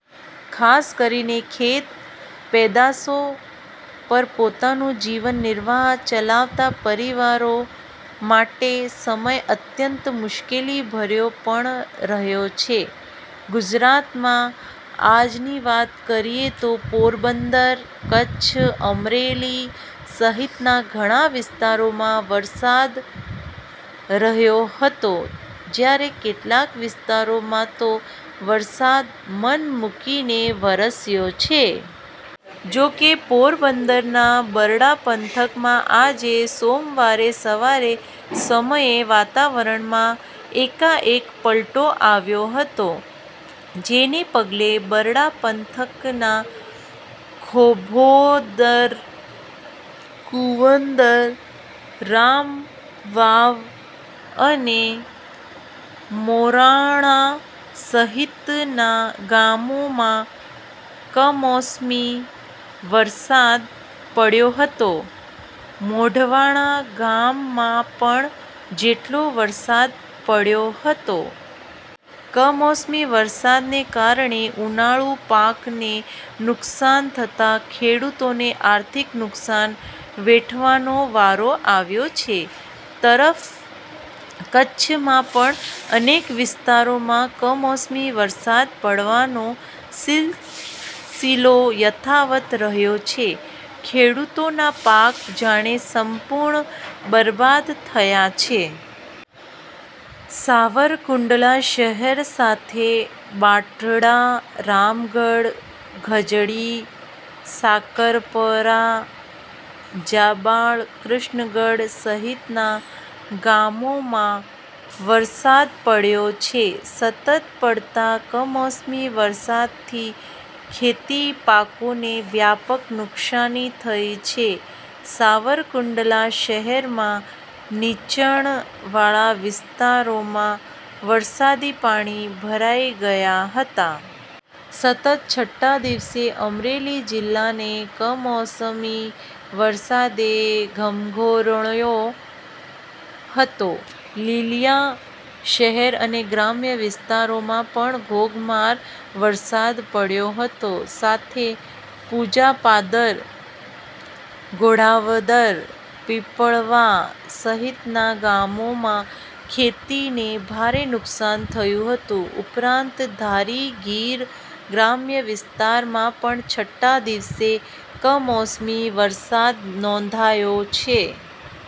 ખાસ કરીને ખેત પેદાસો પર પોતાનો જીવન નિર્વાહ ચલાવતા પરિવારો માટેસમય અત્યંત મુશ્કેલી ભર્યો પણ રહ્યો છે. ગુજરાતમાં આજની વાત કરીએ તો, પોરબંદર, કચ્છ, અમરેલી સહિતના ઘણા વિસ્તારોમાં વરસાદ રહ્યો હતો. જ્યારે કેટલાક વિસ્તારોમાં તો વરસાદ મન મુકીને વરસ્યો છે. જોકે પોરબંદરના બરડા પંથકમાં આજે સોમવારે સવારના સમયે વાતાવરણમાં એકાએક પલટો આવ્યો હતો. જેને પગલે બરડા પંથકના ખાંભોદર કુંવદર રામવાવ અને મોરાણા સહિતના ગામોમાં કમોસમી વરસાદ પડ્યો હતો. મોઢવાડા ગામમાં પણ જેટલો વરસાદ પડ્યો હતો. કમોસમી વરસાદને કારણે ઉનાળુ પાકને નુકસાન થતાં ખેડૂતોને આર્થિક નુકસાન વેઠવાનો વારો આવ્યો છે. તરફ કચ્છમાં પણ અનેક વિસ્તારોમાં કમોસમી વરસાદ પડવાનો સીલસીલો યથાવત રહ્યો છે. ખેડૂતોના પાક જાણે સંપૂર્ણ બરબાદ થયા છે. સાવરકુંડલા શહેર સાથે બાઢડા, રામગઢ, ધજડી, સાકરપરા, જાબાળ, કૃષ્ણ ગઢ સહિતના ગામોમાં વરસાદ પડ્યો છે. સતત પડતા કમોસમી વરસાદથી ખેતીપાકોને વ્યાપક નુકશાની થઈ છે. સાવરકુંડલા શહેરમાં નીચાણ વાળા વિસ્તારોમાં વરસાદી પાણી ભરાઈ ગયા હતા. સતત છઠ્ઠા દિવસે અમરેલી જિલ્લાને કમોસમી વરસાદે ધમરોળ્યો હતો. લીલીયા શહેર અને ગ્રામ્ય વિસ્તારોમાં પણ ધોધમાર વરસાદ પડ્યો હતો. સાથેપુંજાપાદર, ગોઢાવદર, પીપળવા, સહિતના ગામોમાં ખેતીને ભારે નુકસાન થયું હતું. ઉપરાંત ધારી ગીર ગ્રામ્ય વિસ્તારમાં પણ છઠ્ઠા દિવસે કમોસમી વરસાદ નોંધાયો છે.